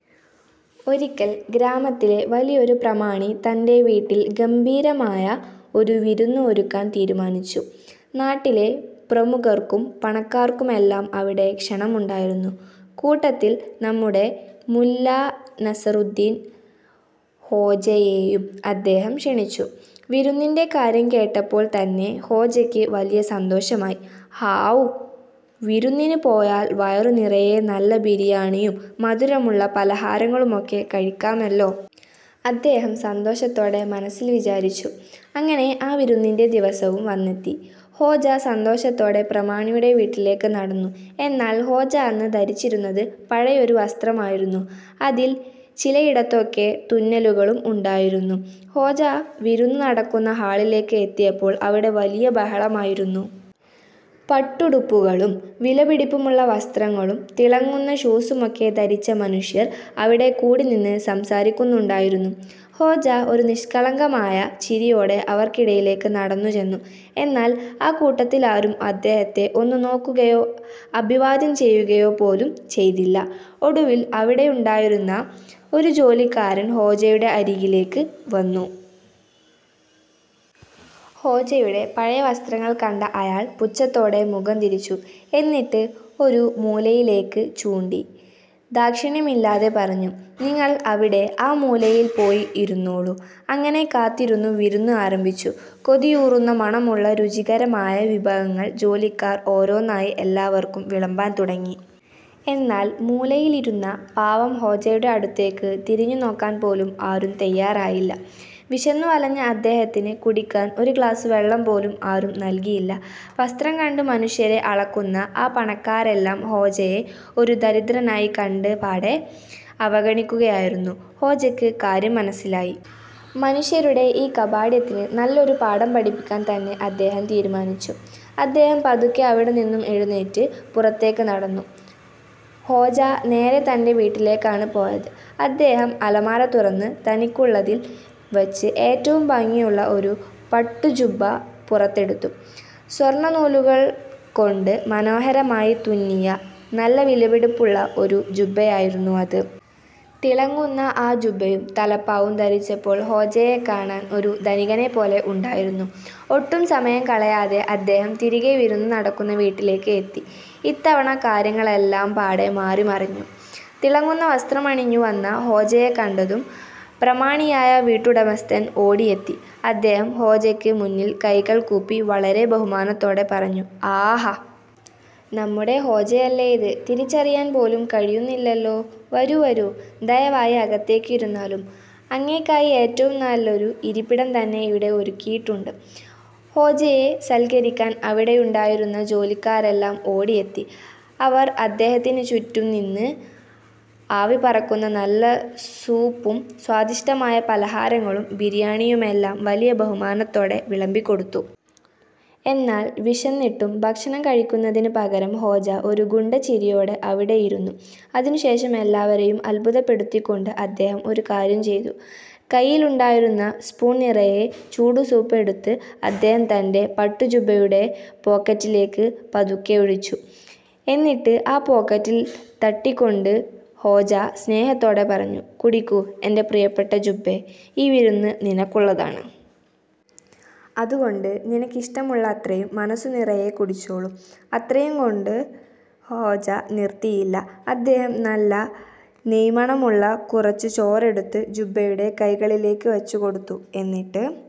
ഒരിക്കൽ, ഗ്രാമത്തിലെ വലിയൊരു പ്രമാണി തന്റെ വീട്ടിൽ ഗംഭീരമായ ഒരു വിരുന്ന് ഒരുക്കാൻ തീരുമാനിച്ചു. നാട്ടിലെ പ്രമുഖർക്കും പണക്കാർക്കുമെല്ലാം അവിടെ ക്ഷണമുണ്ടായിരുന്നു. കൂട്ടത്തിൽ നമ്മുടെ മുല്ലാ നസറുദ്ദീൻ ഹോജയെയും അദ്ദേഹം ക്ഷണിച്ചു. വിരുന്നിന്റെ കാര്യം കേട്ടപ്പോൾ തന്നെ ഹോജയ്ക്ക് വലിയ സന്തോഷമായി. "ഹാവൂ! വിരുന്നിന് പോയാൽ വയറു നിറയെ നല്ല ബിരിയാണിയും മധുരമുള്ള പലഹാരങ്ങളുമൊക്കെ കഴിക്കാമല്ലോ! " അദ്ദേഹം സന്തോഷത്തോടെ മനസ്സിൽ വിചാരിച്ചു. അങ്ങനെ, ആ വിരുന്നിന്റെ ദിവസവും വന്നെത്തി. ഹോജ സന്തോഷത്തോടെ പ്രമാണിയുടെ വീട്ടിലേക്ക് നടന്നു. എന്നാൽ, ഹോജ അന്ന് ധരിച്ചിരുന്നത് പഴയൊരു വസ്ത്രമായിരുന്നു. അതിൽ ചിലയിടത്തൊക്കെ തുന്നലുകളും ഉണ്ടായിരുന്നു. ഹോജ വിരുന്ന് നടക്കുന്ന ഹാളിലേക്ക് എത്തിയപ്പോൾ അവിടെ വലിയ ബഹളമായിരുന്നു. പട്ടുടുപ്പുകളും വിലപിടിപ്പുള്ള വസ്ത്രങ്ങളും തിളങ്ങുന്ന ഷൂസുമൊക്കെ ധരിച്ച മനുഷ്യർ അവിടെക്കൂടി നിന്ന് സംസാരിക്കുന്നുണ്ടായിരുന്നു. ഹോജ ഒരു നിഷ്കളങ്കമായ ചിരിയോടെ അവർക്കിടയിലേക്ക് നടന്നുചെന്നു. എന്നാൽ ആ കൂട്ടത്തിലാരും അദ്ദേഹത്തെ ഒന്ന് നോക്കുകയോ അഭിവാദ്യം ചെയ്യുകയോ പോലും ചെയ്തില്ല! ഒടുവിൽ അവിടെയുണ്ടായിരുന്ന ഒരു ജോലിക്കാരൻ ഹോജയുടെ അരികിലേക്ക് വന്നു. ഹോജയുടെ പഴയ വസ്ത്രങ്ങൾ കണ്ട അയാൾ പുച്ഛത്തോടെ മുഖം തിരിച്ചു. എന്നിട്ട് ഒരു മൂലയിലേക്ക് ചൂണ്ടി ദാക്ഷിണ്യമില്ലാതെ പറഞ്ഞു: "നിങ്ങൾ അവിടെ ആ മൂലയിൽ പോയി ഇരുന്നോളൂ! " അങ്ങനെ കാത്തിരുന്ന വിരുന്ന് ആരംഭിച്ചു. കൊതിയൂറുന്ന മണമുള്ള രുചികരമായ വിഭവങ്ങൾ ജോലിക്കാർ ഓരോന്നായി എല്ലാവർക്കും വിളമ്പാൻ തുടങ്ങി. എന്നാൽ, മൂലയിലിരുന്ന പാവം ഹോജയുടെ അടുത്തേക്ക് തിരിഞ്ഞുനോക്കാൻ പോലും ആരും തയ്യാറായില്ല. വിശന്നു വലഞ്ഞ അദ്ദേഹത്തിന് കുടിക്കാൻ ഒരു ഗ്ലാസ് വെള്ളം പോലും ആരും നൽകിയില്ല! വസ്ത്രം കണ്ട് മനുഷ്യരെ അളക്കുന്ന ആ പണക്കാരെല്ലാം ഹോജയെ ഒരു ദരിദ്രനായി കണ്ട് പാടെ അവഗണിക്കുകയായിരുന്നു. ഹോജയ്ക്ക് കാര്യം മനസ്സിലായി. മനുഷ്യരുടെ ഈ കാപട്യത്തിന് നല്ലൊരു പാഠം പഠിപ്പിക്കാൻ തന്നെ അദ്ദേഹം തീരുമാനിച്ചു. അദ്ദേഹം പതുക്കെ അവിടെനിന്നും എഴുന്നേറ്റ് പുറത്തേക്ക് നടന്നു. ഹോജ നേരെ തന്റെ വീട്ടിലേക്കാണ് പോയത്. അദ്ദേഹം അലമാര തുറന്ന്, തനിക്കുള്ളതിൽ വച്ച് ഏറ്റവും ഭംഗിയുള്ള ഒരു പട്ടുജുബ്ബ പുറത്തെടുത്തു. സ്വർണനൂലുകൾ കൊണ്ട് മനോഹരമായി തുന്നിയ, നല്ല വിലപിടിപ്പുള്ള ഒരു ജുബ്ബയായിരുന്നു അത്! തിളങ്ങുന്ന ആ ജുബ്ബയും തലപ്പാവും ധരിച്ചപ്പോൾ ഹോജയെ കാണാൻ ഒരു ധനികനെപ്പോലെ ഉണ്ടായിരുന്നു. ഒട്ടും സമയം കളയാതെ അദ്ദേഹം തിരികെ വിരുന്ന് നടക്കുന്ന വീട്ടിലേക്ക് എത്തി. ഇത്തവണ കാര്യങ്ങളെല്ലാം പാടെ മാറിമറിഞ്ഞു! തിളങ്ങുന്ന വസ്ത്രമണിഞ്ഞു വന്ന ഹോജയെ കണ്ടതും പ്രമാണിയായ വീട്ടുടമസ്ഥൻ ഓടിയെത്തി. അദ്ദേഹം ഹോജയ്ക്ക് മുന്നിൽ കൈകൾ കൂപ്പി വളരെ ബഹുമാനത്തോടെ പറഞ്ഞു: "ആഹാ! നമ്മുടെ ഹോജയല്ലേ ഇത്! തിരിച്ചറിയാൻ പോലും കഴിയുന്നില്ലല്ലോ! വരൂ… വരൂ… ദയവായി അകത്തേക്ക് ഇരുന്നാലും. അങ്ങേയ്ക്കായി ഏറ്റവും നല്ലൊരു ഇരിപ്പിടം തന്നെ ഇവിടെ ഒരുക്കിയിട്ടുണ്ട്. " ഹോജയെ സൽക്കരിക്കാൻ അവിടെയുണ്ടായിരുന്ന ജോലിക്കാരെല്ലാം ഓടിയെത്തി. അവർ അദ്ദേഹത്തിന് ചുറ്റും നിന്ന് ആവിപറക്കുന്ന നല്ല സൂപ്പും സ്വാദിഷ്ടമായ പലഹാരങ്ങളും ബിരിയാണിയുമെല്ലാം വലിയ ബഹുമാനത്തോടെ വിളമ്പിക്കൊടുത്തു. എന്നാൽ, വിശന്നിട്ടും ഭക്ഷണം കഴിക്കുന്നതിന് പകരം ഹോജ ഒരു ഗൂഢചിരിയോടെ അവിടെയിരുന്നു. അതിനുശേഷം എല്ലാവരെയും അത്ഭുതപ്പെടുത്തിക്കൊണ്ട് അദ്ദേഹം ഒരു കാര്യം ചെയ്തു! കയ്യിലുണ്ടായിരുന്ന സ്പൂൺ നിറയെ ചൂടുസൂപ്പ് എടുത്ത്, അദ്ദേഹം തന്റെ പട്ടുജുബ്ബയുടെ പോക്കറ്റിലേക്ക് പതുക്കെ ഒഴിച്ചു! എന്നിട്ട് ആ പോക്കറ്റിൽ തട്ടിക്കൊണ്ട് ഹോജ സ്നേഹത്തോടെ പറഞ്ഞു: "കുടിക്കൂ എന്റെ പ്രിയപ്പെട്ട ജുബ്ബേ… ഈ വിരുന്ന് നിനക്കുള്ളതാണ്. അതുകൊണ്ട് നിനക്കിഷ്ടമുള്ള അത്രയും മനസ്സുനിറയെ കുടിച്ചോളൂ! " അത്രയും കൊണ്ട് ഹോജ നിർത്തിയില്ല! അദ്ദേഹം നല്ല നെയ്മണമുള്ള കുറച്ചു ചോറെടുത്ത് ജുബ്ബയുടെ കൈകളിലേക്ക് വച്ചുകൊടുത്തു. എന്നിട്ട്